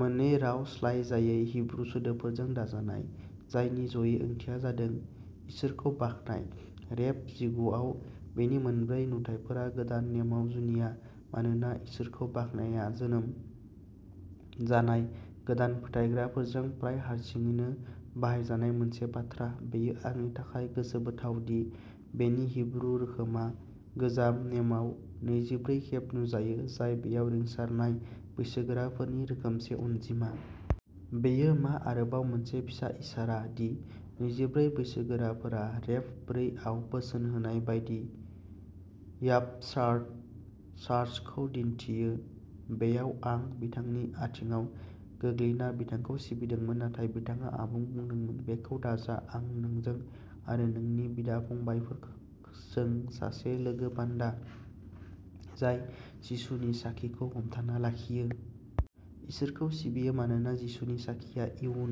मोननै रावस्लायजायै हिब्रु सोदोबफोरजों दाजानाय, जायनि ज'यै ओंथिया जादों, इसोरखौ बाख्नाय। रेभ जिगुआव बेनि मोनब्रै नुथाइफोरा गोदान नेमाव जुनिया। मानोना इसोरखौ बाख्नायआ जोनोम जानाय गोदान फोथायग्राफोरजों प्राय हारसिङैनो बाहायजानाय मोनसे बाथ्रा, बेयो आंनि थाखाय गोसोबोथाव दि बेनि हिब्रु रोखोमआ गोजाम नेमाव नैजिब्रै खेब नुजायो, जाय बेयाव रिंसारनाय बैसोगोराफोरनि रोखोमसे अनजिमा। बेयो मा आरोबाव मोनसे फिसा इसारा दि नैजिब्रै बैसोगोराफोरा रेभ ब्रै आव बोसोन होनाय बायदि र्यापचार्ड चार्चखौ दिन्थियो बेयाव आं बिथांनि आथिंआव गोग्लैना बिथांखौ सिबिदोंमोन। नाथाय बिथाङा आंखौ बुंदोंमोन, बेखौ दाजा आं नोंजों आरो नोंनि बिदा-फंबायफोरजों सासे लोगो बान्दा, जाय जिसुनि साखीखौ हमथाना लाखियो। इसोरखौ सिबियो मानोना जिसुनि साखीया इयुन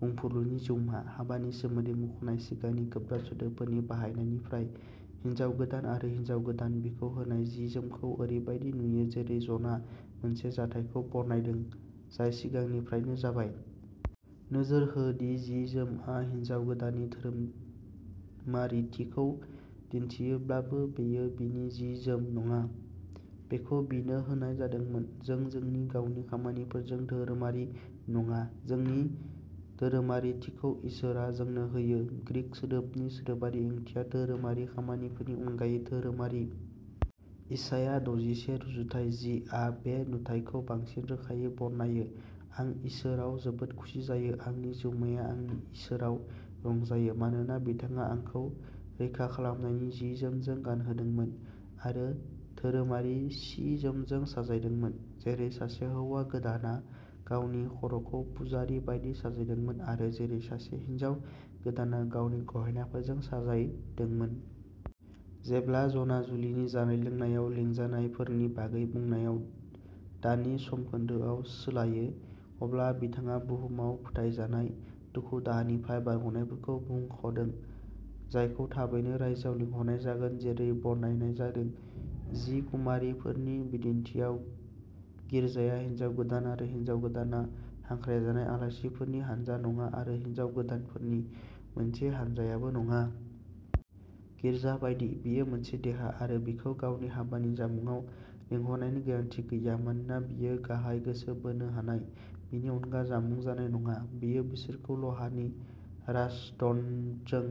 बुंफुरलुनि जिउमा। हाबानि सोमोन्दै मुंख'नाय सिगांनि गोब्राब सोदोबफोरनि बाहायनायनिफ्राय, हिन्जाव गोदान आरो हिन्जाव गोदान। बिखौ होनाय जि-जोमखौ, ओरैबायदि नुयो जेरै जनआ मोनसे जाथायखौ बरनायदों, जाय सिगांनिफ्रायनो जाबाय। नोजोर हो दि जि-जोमआ हिनजाव गोदाननि धोरोमारिथिखौ दिन्थियोब्लाबो, बेयो बिनि जि-जोम नङा। बेखौ बिनो होनाय जादोंमोन। जों जोंनि गावनि खामानिफोरजों धोरोमारि नङा। जोंनि धोरोमारिथिखौ इसोरआ जोंनो होयो। ग्रीक सोदोबनि सोदोबारि ओंथिया धोरोमारि खामानिफोरनि अनगायै धोरोमारि। इसाया दजिसे रुजुथाइ जि आ बे नुथायखौ बांसिन रोखायै बरनायो। आं इसोराव जोबोद खुसि जायो; आंनि जिउमाया आंनि इसोराव रंजायो। मानोना बिथाङा आंखौ रैखाखालामनायनि जि-जोमजों गानहोदोंमोन आरो धोरोमारि सि-जोमजों साजायदोंमोन, जेरै सासे हौवा गोदानआ गावनि खर'खौ पुजारी बायदि साजायदोंमोन आरो जेरै सासे हिनजाव गोदानआ गावनि गहेनाफोरजों साजायदोंमोन। जेब्ला जनआ जुलिनि जानाय-लोंनायाव लिंजानायफोरनि बागै बुंनायाव दानि समखोन्दोआव सोलायो, अब्ला बिथाङा बुहुमाव फोथायजानाय दुखु-दाहानिफ्राय बारग'नायफोरखौ मुंख'दों, जायखौ थाबैनो रायजोआव लिंहरनाय जागोन जेरै बरनायनाय जादों। जि कुमारीफोरनि बिदिन्थिआव। गिर्जाया हिन्जाव गोदान आरो हिन्जाव गोदानआ हांख्रायजानाय आलासिफोरनि हानजा नङा आरो हिन्जाव गोदानफोरनि मोनसे हानजायाबो नङा। गिर्जा बायदि, बियो मोनसे देहा। आरो बिखौ गावनि हाबानि जामुंआव लिंहरनायनि गोनांथि गैया, मानोना बियो गाहाय गोसो बोनो हानाय। बिनि अनगा जामुं जानाय नङा। बियो बिसोरखौ लहानि राजदण्डजों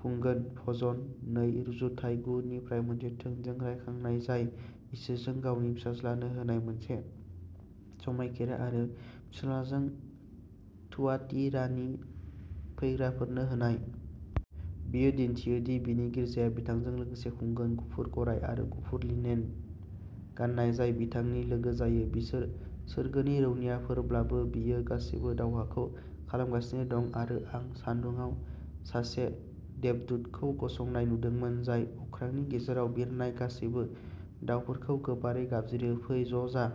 खुंगोन भजन नै रुजुथाइ गु निफ्राय मोनसे थोंजों रायखांनाय, जाय इसोरजों गावनि फिसाज्लानो होनाय मोनसे समायखिरा आरो फिसाज्लाजों थुयातिरानि फैग्राफोरनो होनाय। बेयो दिन्थियो दि बिनि गिर्जाया बिथांजों लोगोसे खुंगोन। गुफुर गराय आरो गुफुर लिनेन गान्नाय जाय बिथांनि लोगो जायो बिसोर सोरगोनि रौनियाफोरब्लाबो, बियो गासैबो दावहाखौ खालामगासिनो दं आरो आं सान्दुङाव सासे देबदूतखौ गसंनाय नुदोंमोन, जाय अख्रांनि गेजेराव बिरनाय गासैबो दावफोरखौ गोबारै गाबज्रियो, फै ज'जा।